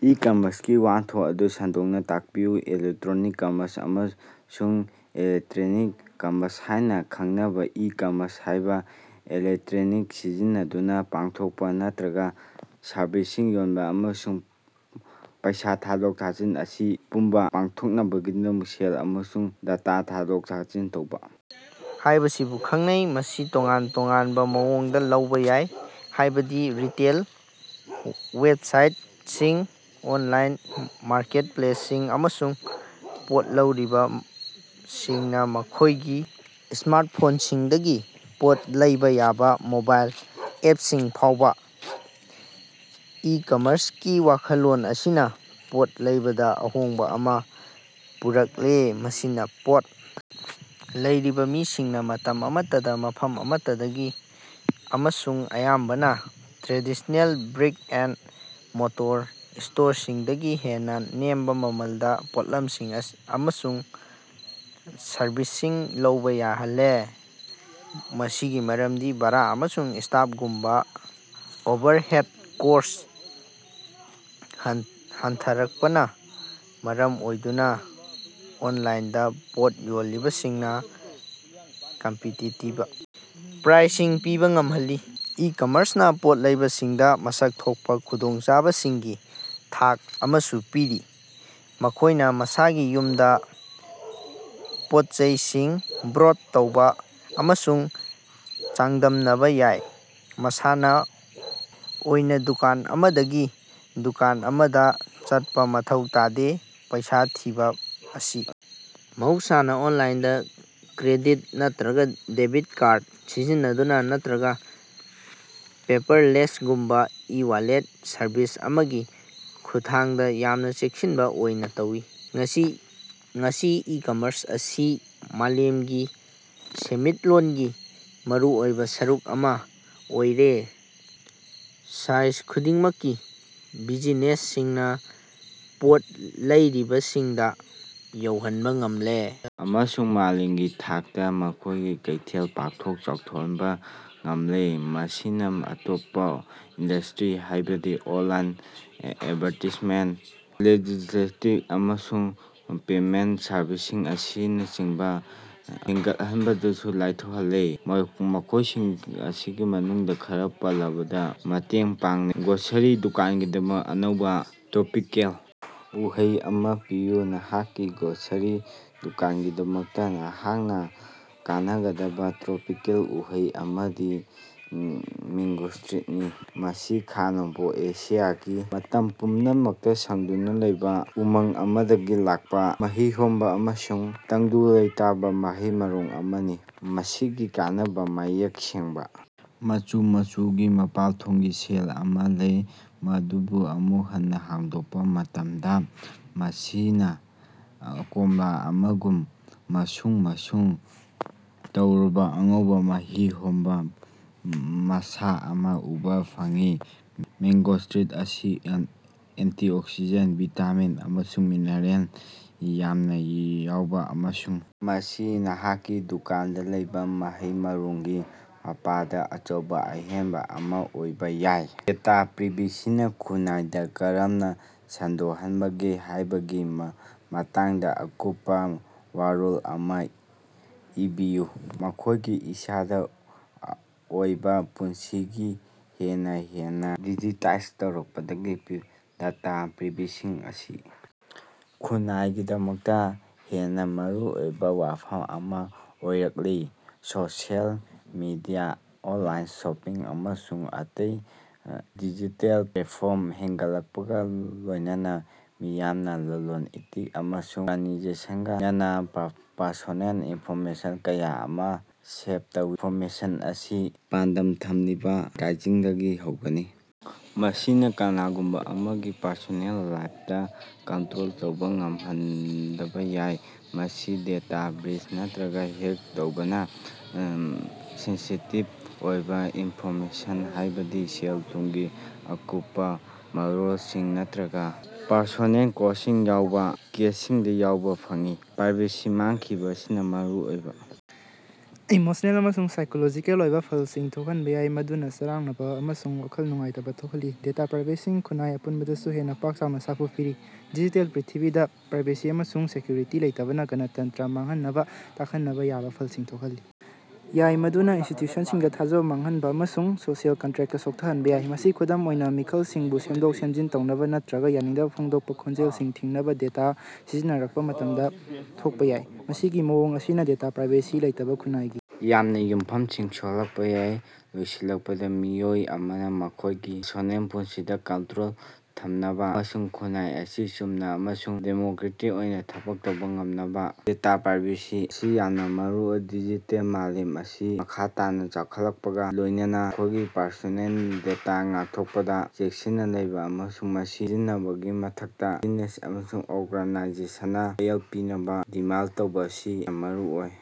ꯏ-ꯀꯃꯔ꯭ꯁꯀꯤ ꯋꯥꯈꯜꯂꯣꯟ ꯑꯗꯨ ꯁꯟꯗꯣꯛꯅꯥ ꯇꯥꯛꯄꯤꯌꯨ꯫ ꯏꯂꯦꯛꯇꯔꯣꯅꯤꯛ ꯀꯃꯔꯁ ꯅꯠꯇ꯭ꯔꯒ ꯏꯟꯇꯔꯅꯦꯠ ꯀꯃꯔꯁ ꯍꯥꯢꯅ ꯈꯪꯅꯕꯥ ꯏ-ꯀꯃꯔꯁ ꯍꯥꯢꯕꯁꯤ ꯏꯟꯇꯔꯅꯦꯠ ꯁꯤꯖꯤꯟꯅꯗꯨꯅ ꯄꯣꯠꯊꯣꯛ ꯅꯠꯇ꯭ꯔꯒꯥ ꯁꯔꯚꯤꯁꯁꯤꯡ ꯌꯣꯟꯕ ꯑꯃꯁꯨꯡ ꯄꯩꯁꯥ ꯊꯥꯗꯣꯛ ꯊꯥꯖꯤꯟ ꯑꯁꯤ ꯃꯄꯨꯡ ꯐꯥꯍꯟꯅꯕꯒꯤꯗꯃꯛ ꯁꯦꯜ ꯑꯃꯁꯨꯡ ꯗꯦꯇꯥ ꯊꯥꯗꯣꯛ ꯊꯥꯖꯤꯟ ꯇꯧꯕꯥ ꯍꯥꯢꯕꯁꯤꯕꯨ ꯈꯪꯅꯩ꯫ ꯃꯁꯤ ꯇꯣꯉꯥꯟ-ꯇꯣꯉꯥꯟꯕ ꯃꯑꯣꯡꯗ ꯂꯧꯕꯥ ꯌꯥꯏ ꯍꯥꯢꯕꯗꯤ ꯔꯤꯇꯦꯜ ꯋꯦꯕꯁꯥꯏꯇꯁꯤꯡ, ꯑꯣꯅꯂꯥꯏꯟ ꯃꯥꯔꯀꯦꯠꯄ꯭ꯂꯦꯁꯁꯤꯡ ꯑꯃꯁꯨꯡ ꯄꯣꯠ ꯂꯩꯔꯤꯕꯁꯤꯡꯅ ꯃꯈꯣꯢꯒꯤ ꯁ꯭ꯃꯥꯔꯇꯐꯣꯟꯁꯤꯡꯗꯒꯤ ꯄꯣꯠ ꯂꯩꯕꯥ ꯌꯥꯕ ꯃꯣꯕꯥꯏꯜ ꯑꯦꯄꯁꯤꯡ ꯐꯥꯎꯕ꯫ ꯏ-ꯀꯃꯔꯁꯀꯤ ꯋꯥꯈꯜꯂꯣꯟ ꯑꯁꯤꯅ ꯄꯣꯠ ꯂꯩꯕꯗ ꯑꯍꯣꯡꯕ ꯑꯃ ꯄꯨꯔꯛꯂꯦ ꯃꯁꯤꯅ ꯄꯣꯠ ꯂꯩꯔꯤꯕ ꯃꯤꯁꯤꯡꯅ ꯃꯇꯝ ꯑꯃꯠꯇꯗ ꯃꯐꯝ ꯑꯃꯠꯇꯗꯒꯤ ꯑꯃꯁꯨꯡ ꯑꯌꯥꯝꯕꯅ ꯇ꯭ꯔꯦꯗꯤꯁꯅꯦꯜ ꯕ꯭ꯔꯤꯛ-ꯑꯦꯟꯗ-ꯃꯣꯔꯇꯔ ꯁ꯭ꯇꯣꯔꯁꯤꯡꯗꯒꯤ ꯍꯦꯟꯅ ꯅꯦꯝꯕ ꯃꯃꯜꯗ ꯄꯣꯠꯂꯝꯁꯤꯡ ꯑꯃꯁꯨꯡ ꯁꯔꯕꯤꯁꯁꯤꯡ ꯂꯧꯕꯥ ꯌꯥꯍꯜꯂꯦ꯫ ꯃꯁꯤꯒꯤ ꯃꯔꯝꯗꯤ ꯚꯥꯔꯥ ꯑꯃꯁꯨꯡ ꯁ꯭ꯇꯥꯐꯒꯨꯝꯕ ꯑꯣꯚꯔꯍꯦꯗ ꯀꯣꯁ꯭ꯠ ꯍꯟꯊꯔꯛꯄꯅ ꯃꯔꯝ ꯑꯣꯏꯗꯨꯅ ꯑꯣꯅꯂꯥꯏꯟꯗ ꯄꯣꯠ ꯌꯣꯜꯂꯤꯕꯁꯤꯡꯅ ꯀꯝꯄꯤꯇꯤꯇꯤꯕ ꯄ꯭ꯔꯥꯏꯁꯤꯡ ꯄꯤꯕꯥ ꯉꯝꯍꯜꯂꯤ꯫ ꯏ-ꯀꯝꯃꯔꯁꯅ ꯄꯣꯠ ꯂꯩꯔꯤꯕꯁꯤꯡꯗ ꯃꯁꯛ ꯊꯣꯛꯄꯥ ꯈꯨꯗꯣꯡꯆꯥꯕꯁꯤꯡꯒꯤ ꯊꯥꯛ ꯑꯃꯁꯨ ꯄꯤꯔꯤ ꯃꯈꯣꯢꯅ ꯃꯁꯥꯒꯤ ꯌꯨꯝꯗꯒꯤ ꯄꯣꯠꯆꯩꯁꯤꯡ ꯕ꯭ꯔꯣꯗ ꯇꯧꯕꯥ ꯑꯃꯁꯨꯡ ꯆꯥꯡꯗꯝꯅꯕ ꯌꯥꯏ ꯃꯁꯥꯅ ꯑꯣꯏꯅꯥ ꯗꯨꯀꯥꯟ ꯑꯃꯗꯒꯤ ꯗꯨꯀꯥꯟ ꯑꯃꯗ ꯆꯠꯄꯥ ꯃꯊꯧ ꯇꯥꯗꯦ꯫ ꯄꯩꯁꯥ ꯊꯤꯕ ꯑꯁꯤ ꯃꯍꯧꯁꯥꯅ ꯑꯣꯅꯂꯥꯏꯟꯗ ꯀ꯭ꯔꯦꯗꯤꯠ ꯅꯠꯇ꯭ꯔꯒ ꯗꯦꯕꯤꯠ ꯀꯥꯔꯗ ꯁꯤꯖꯤꯟꯅꯗꯨꯅ ꯅꯠꯇ꯭ꯔꯒ ꯄꯦꯄꯔꯂꯦꯁꯅꯒꯨꯝꯕ ꯏ-ꯋꯥꯂꯦꯠ ꯁꯔꯚꯤꯁ ꯑꯃꯒꯤ ꯈꯨꯠꯊꯥꯡꯗ ꯌꯥꯝꯅ ꯆꯦꯛꯁꯤꯟꯕ ꯑꯣꯏꯅ ꯇꯧꯏ꯫ ꯉꯁꯤꯗꯤ ꯏ-ꯀꯃꯔꯁ ꯑꯁꯤ ꯃꯥꯂꯦꯝꯒꯤ ꯁꯦꯟꯃꯤꯠꯂꯣꯟꯒꯤ ꯃꯔꯨꯑꯣꯏꯕ ꯁꯔꯨꯛ ꯑꯃꯥ ꯑꯣꯏꯔꯦ ꯁꯥꯏꯖ ꯈꯨꯗꯤꯡꯃꯛꯀꯤ ꯕꯤꯖꯤꯅꯦꯁꯁꯤꯡꯅ ꯄꯣꯠ ꯂꯩꯔꯤꯕꯁꯤꯡꯗ ꯌꯧꯍꯟꯕ ꯉꯝꯂꯦ ꯑꯃꯁꯨꯡ ꯃꯥꯂꯦꯝꯒꯤ ꯊꯥꯛꯇ ꯃꯈꯣꯢꯒꯤ ꯀꯩꯊꯦꯜ ꯑꯁꯤ ꯄꯥꯛꯊꯣꯛ ꯆꯥꯎꯊꯣꯛꯍꯟꯕ ꯉꯝꯂꯦ꯫ ꯃꯁꯤꯅꯥ ꯑꯇꯣꯞꯄ ꯏꯟꯗꯁꯇ꯭ꯔꯤꯁꯤꯡ ꯍꯥꯢꯕꯗꯤ ꯑꯣꯟꯂꯥꯏꯟ ꯑꯦꯗꯚꯥꯔꯇꯥꯏꯖꯃꯦꯟꯇ, ꯂꯣꯖꯤꯁ꯭ꯇꯤꯛꯁ ꯑꯃꯁꯨꯡ ꯄꯦꯃꯦꯟꯇ ꯁꯔꯕꯤꯁꯁꯤꯡ ꯑꯁꯤꯅꯆꯤꯡꯕ ꯍꯦꯟꯒꯠꯍꯟꯕꯗꯁꯨ ꯂꯥꯏꯊꯣꯛꯍꯜꯂꯦ ꯃꯈꯣꯢꯁꯤꯡ ꯑꯁꯤꯒꯤ ꯃꯅꯨꯡꯗ ꯈꯔ ꯄꯟꯕꯗ ꯃꯇꯦꯡ ꯄꯥꯡꯂꯦ꯫ ꯒ꯭ꯔꯣꯁꯔꯤ ꯗꯨꯀꯥꯟꯒꯤꯗꯃꯛ ꯑꯅꯧꯕꯥ ꯇ꯭ꯔꯣꯄꯤꯀꯦꯜ ꯎꯍꯩ ꯑꯃ ꯄꯤꯌꯨ꯫ ꯅꯍꯥꯛꯀꯤ ꯒ꯭ꯔꯣꯁꯔꯤ ꯗꯨꯀꯥꯟꯒꯤꯗꯃꯛꯇ ꯅꯍꯥꯛꯅ ꯈꯟꯅꯒꯗꯕ ꯇ꯭ꯔꯣꯄꯤꯀꯦꯜ ꯎꯍꯩ ꯑꯃꯗꯤ ꯃꯦꯡꯒꯣꯁꯇꯤꯟꯅꯤ꯫ ꯃꯁꯤ ꯈꯥ-ꯅꯣꯡꯄꯣꯛ ꯑꯦꯁꯤꯌꯥꯒꯤ ꯃꯇꯝ ꯄꯨꯝꯅꯃꯛꯇ ꯁꯪꯗꯨꯅꯇ ꯂꯩꯕ ꯎꯃꯪ ꯑꯃꯗꯒꯤ ꯂꯥꯛꯄꯥ ꯃꯆꯤ ꯑꯣꯏꯕ ꯑꯃꯁꯨꯡ ꯇꯪꯗꯨ ꯂꯩꯇꯥꯕꯥ ꯃꯍꯩ-ꯃꯔꯣꯡ ꯑꯃꯅꯤ꯫ ꯃꯁꯤꯒꯤ ꯑꯀꯟꯕꯥ ꯃꯌꯦꯛ ꯁꯦꯡꯕꯥ ꯃꯆꯨ ꯃꯆꯨꯒꯤ ꯃꯄꯥꯟꯊꯣꯡꯒꯤ ꯁꯦꯜ ꯑꯃꯥ ꯂꯩ ꯑꯗꯨꯕꯨ ꯑꯃꯨꯛ ꯍꯟꯅ ꯍꯥꯡꯗꯣꯛꯄ ꯃꯇꯝꯗ ꯃꯁꯤꯅꯥ ꯀꯣꯝꯂꯥ ꯑꯃꯒꯨꯝꯅ ꯃꯁꯨꯡ ꯃꯁꯨꯡ ꯇꯧꯔꯕꯥ ꯑꯉꯧꯕ ꯃꯍꯤ ꯑꯣꯏꯕ ꯃꯁꯥ ꯑꯃ ꯎꯕ ꯐꯪꯏ꯫ ꯃꯦꯡꯒꯣꯁꯇꯤꯟ ꯑꯁꯤ ꯑꯦꯟꯇꯤꯑꯣꯛꯁꯤꯗꯦꯟꯇ, ꯚꯤꯇꯥꯃꯤꯟ ꯑꯃꯁꯨꯡ ꯃꯤꯅꯔꯦꯜꯁꯤꯡ ꯌꯥꯝꯅ ꯌꯥꯎꯏ ꯑꯃꯁꯨꯡ ꯃꯁꯤ ꯅꯍꯥꯛꯀꯤ ꯗꯨꯀꯥꯟꯗ ꯂꯩꯕꯥ ꯃꯍꯩ-ꯃꯔꯣꯡꯒꯤ ꯃꯄꯥꯗ ꯑꯆꯧꯕ ꯑꯍꯦꯟꯕ ꯑꯃ ꯑꯣꯏꯕ ꯌꯥꯏ꯫ ꯗꯦꯇꯥ ꯄ꯭ꯔꯥꯏꯚꯦꯁꯤꯅ ꯈꯨꯟꯅꯥꯏꯗ ꯀꯔꯝꯅ ꯁꯣꯛꯍꯟꯕꯒꯦ ꯍꯥꯢꯕꯒꯤ ꯃꯇꯥꯡꯗ ꯑꯀꯨꯞꯄ ꯋꯥꯔꯣꯜ ꯑꯃ ꯏꯕꯤꯌꯨ꯫ ꯑꯩꯈꯣꯢꯒꯤ ꯏꯁꯥꯒꯤ ꯑꯣꯏꯕ ꯄꯨꯟꯁꯤꯗ ꯍꯦꯟꯅ ꯍꯦꯟꯅ ꯗꯤꯖꯤꯇꯥꯏꯖ ꯇꯧꯔꯛꯄꯗꯒꯤ ꯗꯦꯇꯥ ꯄ꯭ꯔꯥꯏꯚꯦꯁꯤ ꯑꯁꯤ ꯈꯨꯟꯅꯥꯏꯒꯤꯗꯃꯛꯇ ꯍꯦꯟꯅ ꯃꯔꯨꯑꯣꯏꯕ ꯋꯥꯐꯝ ꯑꯃ ꯑꯣꯏꯔꯛꯂꯤ꯫ ꯁꯣꯁꯤꯑꯦꯜ ꯃꯤꯗꯤꯌꯥ, ꯑꯣꯅꯂꯥꯏꯟ ꯁꯣꯄꯤꯡ, ꯑꯃꯁꯨꯡ ꯑꯇꯩ ꯗꯤꯖꯤꯇꯦꯜ ꯄ꯭ꯂꯦꯇꯐꯣꯔꯃꯁꯤꯡ ꯍꯦꯟꯒꯠꯂꯛꯄꯒ ꯂꯣꯢꯅꯅ ꯃꯤꯌꯥꯝꯅ ꯂꯂꯣꯟ-ꯏꯇꯤꯛ ꯑꯃꯁꯨꯡ ꯑꯣꯔꯒꯥꯅꯥꯏꯖꯦꯁꯟꯁꯤꯡꯒ ꯂꯣꯢꯅꯅꯥ ꯄꯔꯁꯣꯅꯦꯜ ꯏꯅꯐꯣꯔꯃꯦꯁꯟ ꯀꯌꯥ ꯑꯃ ꯁꯦꯌꯔ ꯇꯧꯏ꯫ ꯏꯅꯐꯣꯔꯃꯦꯁꯟ ꯑꯁꯤ ꯄꯥꯟꯗꯝ ꯊꯝꯂꯤꯕ ꯑꯦꯗꯚꯥꯔꯇꯥꯏꯖꯤꯡꯗꯒꯤ ꯍꯧꯔꯒ ꯃꯁꯤꯅꯥ ꯀꯅꯥꯒꯨꯝꯕ ꯑꯃꯒꯤ ꯄꯔꯁꯣꯅꯦꯜ ꯂꯥꯏꯐꯇ ꯀꯟꯇ꯭ꯔꯣꯜ ꯇꯧꯕ ꯉꯝꯍꯟꯗꯕ ꯌꯥꯏ꯫ ꯃꯁꯤ ꯗꯦꯇꯥ ꯕ꯭ꯔꯤꯆ ꯅꯠꯇ꯭ꯔꯒ ꯍꯦꯛ ꯇꯧꯕꯅ ꯁꯦꯟꯁꯤꯇꯤꯚ ꯑꯣꯏꯕ ꯏꯟꯐꯣꯔꯃꯦꯁꯟ ꯍꯥꯢꯕꯗꯤ ꯁꯦꯜ-ꯊꯨꯝꯒꯤ ꯑꯀꯨꯞꯄ ꯃꯔꯣꯜꯁꯤꯡ ꯅꯠꯇ꯭ꯔꯒ ꯄꯔꯁꯣꯅꯦꯜ ꯀꯣꯔꯁꯁꯤꯡ ꯌꯥꯎꯕ ꯀꯦꯁꯁꯤꯡꯗ ꯎꯕ ꯐꯪꯏ꯫ ꯄ꯭ꯔꯥꯏꯚꯦꯁꯤ ꯃꯥꯡꯈꯤꯕ ꯑꯁꯤꯅ ꯃꯔꯨꯑꯣꯏꯕ ꯏꯃꯣꯁꯅꯦꯜ ꯑꯃꯁꯨꯡ ꯁꯥꯏꯀꯣꯂꯣꯖꯤꯀꯦꯜ ꯑꯣꯏꯕ ꯐꯜꯁꯤꯡ ꯊꯣꯛꯍꯟꯕ ꯌꯥꯏ ꯃꯗꯨꯅ ꯆꯔꯥꯡꯅꯕ ꯑꯃꯁꯨꯡ ꯋꯥꯈꯜ ꯅꯨꯡꯉꯥꯏꯇꯕ ꯊꯣꯛꯍꯜꯂꯤ꯫ ꯗꯦꯇꯥ ꯄ꯭ꯔꯥꯏꯚꯦꯁꯤꯅ ꯈꯨꯟꯅꯥꯏ ꯑꯄꯨꯟꯕꯗꯁꯨ ꯍꯦꯟꯅ ꯄꯥꯛ-ꯆꯥꯎꯅ ꯁꯥꯐꯨ ꯄꯤꯔꯤ꯫ ꯗꯤꯖꯤꯇꯦꯜ ꯄ꯭ꯔꯤꯊꯤꯕꯤꯗ ꯄ꯭ꯔꯥꯏꯚꯦꯁꯤ ꯑꯃꯁꯨꯡ ꯁꯦꯀ꯭ꯌꯨꯔꯤꯇꯤ ꯂꯩꯇꯕꯅ ꯒꯅꯇꯟꯇ꯭ꯔꯗ ꯃꯥꯡꯍꯟ ꯇꯥꯛꯍꯟꯕ ꯌꯥꯕꯥ ꯐꯜꯁꯤꯡ ꯊꯣꯛꯍꯟꯕ ꯌꯥꯏ ꯃꯗꯨꯅ ꯏꯟꯁꯇꯤꯇ꯭ꯌꯨꯁꯟꯁꯤꯡꯗ ꯊꯥꯖꯕ ꯃꯥꯡꯍꯟꯕ ꯑꯃꯁꯨꯡ ꯁꯣꯁꯤꯑꯦꯜ ꯀꯟꯇ꯭ꯔꯦꯛꯇ ꯁꯣꯟꯊꯍꯟꯕꯥ ꯌꯥꯏ꯫ ꯃꯁꯤ ꯈꯨꯗꯝ ꯑꯣꯏꯅ ꯃꯤꯈꯜꯁꯤꯡꯕꯨ ꯁꯦꯝꯗꯣꯛ-ꯁꯦꯝꯖꯤꯟ ꯇꯧꯅꯕ ꯅꯠꯇ꯭ꯔꯒꯥ ꯌꯥꯅꯤꯡꯗꯕ ꯐꯣꯡꯗꯣꯛꯄꯥ ꯈꯣꯟꯖꯦꯜꯁꯤꯡ ꯊꯤꯡꯅꯕ ꯗꯦꯇꯥ ꯁꯤꯖꯤꯟꯅꯔꯛꯄꯥ ꯃꯇꯝꯗ ꯊꯣꯛꯄꯥ ꯌꯥꯏ꯫ ꯃꯁꯤꯒꯤ ꯃꯑꯣꯡ ꯑꯁꯤꯅꯥ ꯗꯦꯇꯥ ꯄ꯭ꯔꯥꯏꯚꯦꯁꯤ ꯂꯩꯇꯕꯅ ꯈꯨꯟꯅꯥꯏꯒꯤ ꯌꯥꯝꯅ ꯌꯨꯝꯐꯝꯁꯤꯡ ꯁꯣꯛꯍꯟꯕꯥ ꯌꯥꯏ꯫ ꯂꯣꯏꯁꯤꯜꯂꯛꯄꯗ ꯃꯤꯑꯣꯏ ꯑꯃꯅ ꯃꯈꯣꯢꯒꯤ ꯄꯔꯁꯣꯅꯦꯜ ꯄꯨꯟꯁꯤꯗ ꯀꯟꯇ꯭ꯔꯣꯜ ꯊꯝꯅꯕ ꯑꯃꯁꯨꯡ ꯈꯨꯟꯅꯥꯏ ꯑꯁꯤ ꯆꯨꯝꯅ ꯑꯃꯁꯨꯡ ꯗꯦꯃꯣꯀ꯭ꯔꯦꯇꯤꯛ ꯑꯣꯏꯅ ꯊꯕꯛ ꯇꯧꯕ ꯉꯝꯅꯕ ꯗꯦꯇꯥ ꯄ꯭ꯔꯥꯏꯚꯦꯁꯤ ꯑꯁꯤ ꯌꯥꯝꯅ ꯃꯔꯨꯑꯣꯏ꯫ ꯗꯤꯖꯤꯇꯦꯜꯒꯤ ꯃꯥꯂꯦꯝ ꯑꯁꯤ ꯃꯈꯥ ꯇꯥꯅꯥ ꯆꯥꯎꯈꯠꯂꯛꯄꯒ ꯂꯣꯢꯅꯅꯥ ꯑꯩꯈꯣꯢꯒꯤ ꯄꯔꯁꯣꯅꯦꯜ ꯗꯦꯇꯥ ꯉꯥꯛꯊꯣꯛꯄꯗ ꯆꯦꯛꯁꯤꯟꯅ ꯂꯩꯕꯥ ꯑꯃꯁꯨꯡ ꯃꯁꯤ ꯁꯤꯖꯤꯟꯅꯕꯒꯤ ꯃꯇꯥꯡꯗ ꯕꯤꯖꯤꯅꯦꯁꯁꯤꯡ ꯑꯃꯁꯨꯡ ꯑꯣꯔꯒꯅꯥꯏꯖꯦꯁꯟꯁꯤꯡꯅ ꯋꯥꯌꯦꯜ ꯄꯤꯅꯕ ꯗꯤꯃꯥꯟꯗ ꯇꯧꯕꯥ ꯑꯁꯤ ꯌꯥꯝꯅꯥ ꯃꯔꯨꯑꯣꯏ꯫